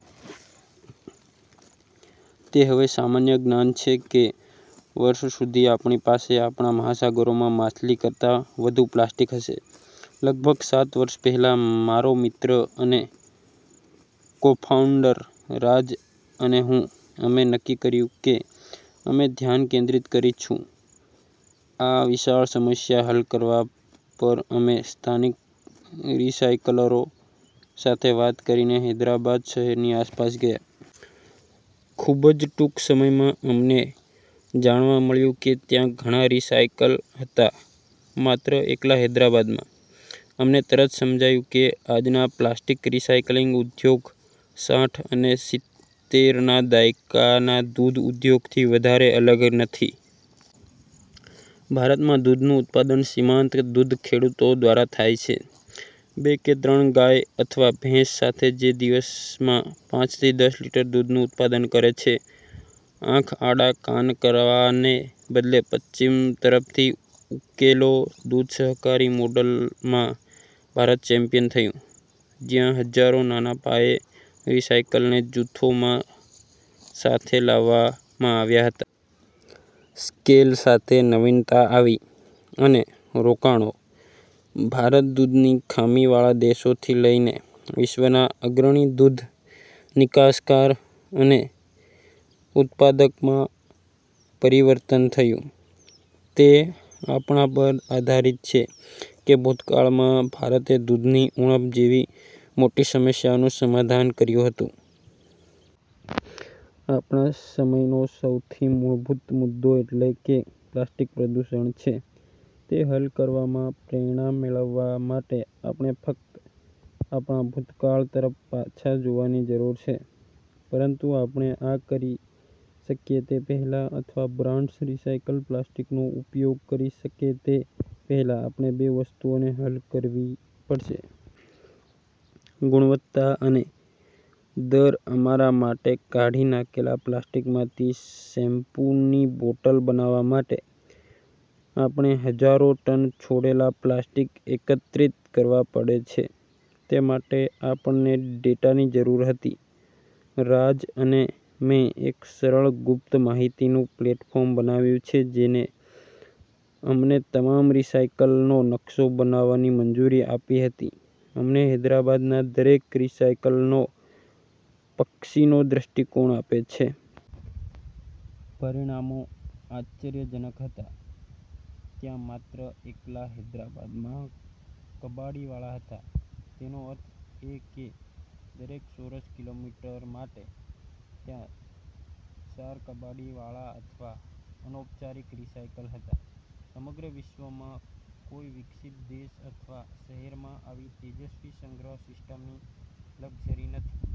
તે હવે સામાન્ય જ્ઞાન છે કે વર્ષ સુધી આપણી પાસે આપણા મહાસાગરોમાં માછલી કરતા વધુ પ્લાસ્ટિક હશે. લગભગ સાત વર્ષ પહેલાં, મારો મિત્ર અને કોફાઉન્ડર રાજ અને હું, અમે નક્કી કર્યું કે અમે ધ્યાન કેન્દ્રિત કરીશું, આ વિશાળ સમસ્યા હલ કરવા પર અમે સ્થાનિક રિસાયકલરો સાથે વાત કરીને હૈદરાબાદ શહેરની આસપાસ ગયા. ખૂબ જ ટૂંક સમયમાં, અમને જાણવા મળ્યું કે ત્યાં ઘણા રિસાયકલ હતા માત્ર એકલા હૈદરાબાદમાં. અમને તરત સમજાયું કે આજના પ્લાસ્ટિક રિસાયક્લિંગ ઉદ્યોગ સાઠ અને સિતેર ના દાયકાના દૂધ ઉદ્યોગ થી વધારે અલગ નથી. ભારત માં દૂધનું ઉત્પાદન સીમાંત દૂધ ખેડુતો દ્વારા થાય છે, બે કે ત્રણ ગાય અથવા ભેંસ સાથે, જે દિવસમાં પાંચથી દસ લિટર દૂધ નું ઉત્પાદન કરે છે. આંખ આડા કાન કરવાને બદલે પશ્ચિમ તરફથી ઉકેલો, દૂધ સહકારી મોડેલમાં ભારત ચેમ્પિયન થયું, જ્યાં હજારો નાના પાયે રિસાયકલને જૂથોમાં સાથે લાવવામાં આવ્યા હતા. સ્કેલ સાથે નવીનતા આવી અને રોકાણો, ભારત દૂધની ખામીવાળા દેશથી લઈને વિશ્વના અગ્રણી દૂધના નિકાસકાર અને ઉત્પાદક માં પરિવર્તન થયું. તે આપણા પર આધારીત છે કે ભૂતકાળમાં ભારતે દૂધની ઉણપ જેવી મોટી સમસ્યાઓનું સમાધાન કર્યું હતું. આપણા સમયનો સૌથી મૂળભૂત મુદ્દો એટલે કે પ્લાસ્ટિક પ્રદૂષણ છે, તે હલ કરવામાં પ્રેરણા મેળવવા માટે આપણે ફક્ત આપણા ભૂતકાળ તરફ પાછા જોવાની જરૂર છે, પરંતુ આપણે આ કરી શકીએ તે પહેલાં અથવા બ્રાન્ડસ્ રિસાયકલ પ્લાસ્ટિકનો ઉપયોગ કરી શકે તે પહેલાં, આપણે બે વસ્તુઓને હલ કરવી પડશે. ગુણવત્તા અને દર અમારા માટે કાઢી નાખેલા પ્લાસ્ટિકમાંથી શેમ્પૂ ની બોટલ બનાવવા માટે, આપણે હજારો ટન છોડેલા પ્લાસ્ટિક એકત્રિત કરવા પડે છે. તે માટે, આપણને ડેટાની જરૂર હતી. રાજ અને મેં એક સરળ ગુપ્ત માહિતીનું પ્લેટફોર્મ બનાવ્યું છે જેને અમને તમામ રિસાયકલનો નકશો બનાવવાની મંજૂરી આપી હતી, અમને હૈદરાબાદના દરેક રિસાયકલનો પક્ષીનો દૃષ્ટિકોણ આપે છે. પરિણામો આશ્ચર્યજનક હતા. ત્યાં માત્ર એકલા હૈદરાબાદમાં કબાડીવાળા હતા. તેનો અર્થ એ કે દરેક ચોરસ કિલોમીટર માટે, ત્યાં ચાર કબાડીવાળા અથવા અનૌપચારિક રિસાયકલ હતા. સમગ્ર વિશ્વમાં કોઈ વિકસિત દેશ અથવા શહેરમાં આવી તેજસ્વી સંગ્રહ સિસ્ટમની લક્ઝરી નથી.